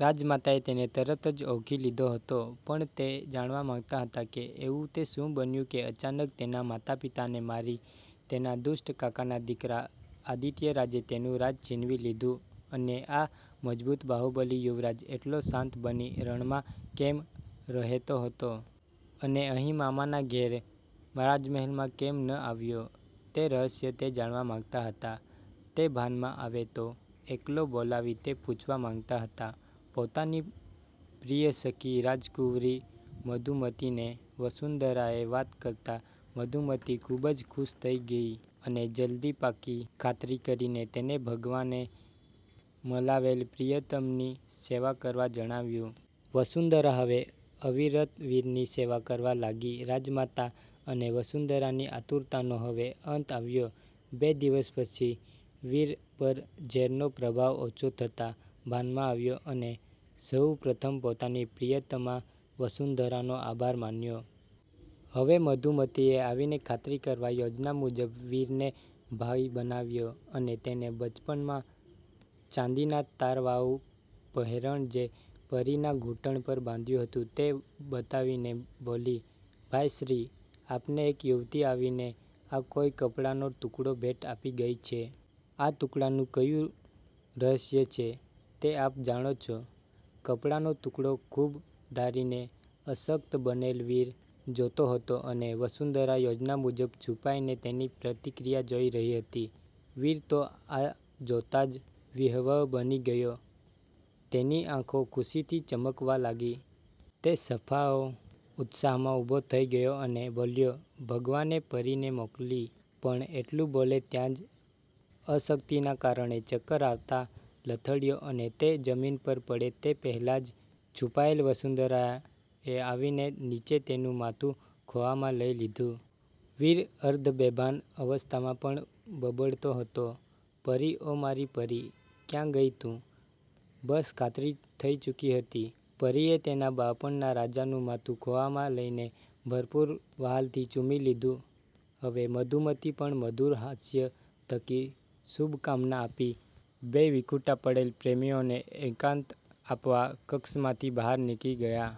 રાજમાતાએ તેને તરત જ ઓળખી લીધો હતો પણ તે જાણવાં માગતાં હતાં કે એવું તે શું બન્યું કે અચાનક તેનાં માતાપિતાને મારી તેનાં દુષ્ટ કાકાના દીકરા આદિત્યરાજે તેનું રાજ છીનવી લીધું? અને આ મજબૂત બાહુબલી યુવરાજ એટલો શાંત બની રણમાં કેમ રહેતો હતો? અને અહીં મામાનાં ઘેર રાજમહેલમાં કેમ ન આવ્યો? તે રહસ્ય તે જાણવાં માગતાં હતાં. તે ભાનમાં આવે તો એકલો બોલાવી તે પૂછવા માગતાં હતાં. પોતાની પ્રિય સખી રાજકુંવરી મધુમતીને વસુંધરાએ વાત કરતાં મધુમતી ખુબ જ ખુશ થઈ ગયી અને જલ્દી પાકી ખાતરી કરીને તેને ભગવાને મલાવેલ પ્રિયતમની સેવા કરવા જણાવ્યું. વસુંધરા હવે અવિરત વીરની સેવા કરવા લાગી. રાજમાતાં અને વસુંધરાની આતુરતાનો હવે અંત આવ્યો. બે દિવસ પછી વીર પર ઝેરનો પ્રભાવ ઓછો થતાં ભાનમાં આવ્યો, અને સહુ પ્રથમ પોતાની પ્રિયતમા વસુંધરાનો આભાર માન્યો. હવે મધુમતીએ આવીને ખાતરી કરવા યોજના મુજબ વીરને ભાઈ બનાવ્યો, અને તેને બચપણમાં ચાંદીના તારવાળું પહેરણ જે પરીના ઘૂંટણ પર બાંધ્યું હતું તે બતાવીને બોલી,"ભાઈ શ્રી આપને એક યુવતી આવીને આ કોઈ કપડાનો ટુકડો ભેટ આપી ગઈ છે? આ ટુકડાનું ક્યુ રહસ્ય છે તે આપ જાણો છો.?" કપડાનો ટુકડો ખુબ ધારીને અશક્ત બનેલ વીર જોતો હતો અને વસુંધરા યોજના મુજબ છુપાઈને તેની પ્રતિક્રિયા જોઈ રહી હતી. વીર તો આ જોતાં જ વિહવળ બની ગયો, તેની આંખો ખુશીથી ચમકવવાં લાગી. તે સફાળો ઉત્સાહમાં ઊભો થઈ ગયો અને બોલ્યો,"ભગવાને પરીને મોકલી." પણ એટલું બોલે ત્યાં જ અશક્તિનાં કારણે ચક્કર આવતાં લથડ્યો અને તે જમીન પર પડે તે પહેલાં જ છુપાયેલ વસુંધરાએ આવીને નીચે તેનું માથું ખોળામાં લઈ લીધું. વીર અર્ધબેભાન અવસ્થામાં પણ બબડતો હતો,"પરી, ઓ મારી પરી, ક્યાં ગઈ તું?" બસ ખાતરી થઈ ચુકી હતી. પરીએ તેનાં બાળપણનાં રાજાનું માથું ખોળામાં લઇને ભરપૂર વ્હાલથી ચૂમી લીધું. હવે મધુમતી પણ મધુર હાસ્ય થકી શુભકામનાં આપી બે વિખુટા પડેલ પ્રેમીઓને એકાંત આપવા કક્ષમાંથી બહાર નીકળી ગયાં.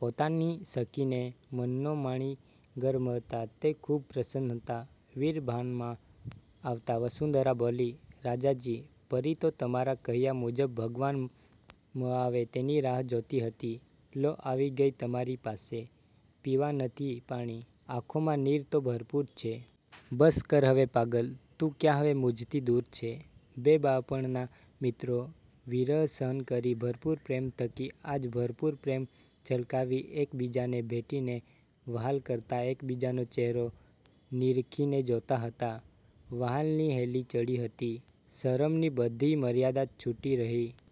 પોતાની સખીને મનનો માણીગર મળતાં તે ખુબ પ્રસન્ન હતાં. વીર ભાનમાં આવતાં વસુંધરા બોલી,"રાજાજી, પરી તો તમારાં કહ્યાં મુજબ ભગવાન મળાવે તેની રાહ જોતી હતી. લો આવી ગઈ તમારી પાસે. "પીવા નથી પાણી, આંખોમાં નીર તો ભરપૂર છે. બસ કર હવે પાગલ, તું ક્યાં હવે મુજથી દુર છે." બે બાળપણનાં મિત્રો વિરહ સહન કરી ભરપૂર પ્રેમ થકી આજ ભરપૂર પ્રેમ છલકાવી એક બીજાને ભેટીને વહાલ કરતાં એકબીજાનો ચેહરો નીરખીને જોતાં હતાં. વ્હાલની હેલી ચડી હતી. શરમની બધીય મર્યાદા છૂટી રહી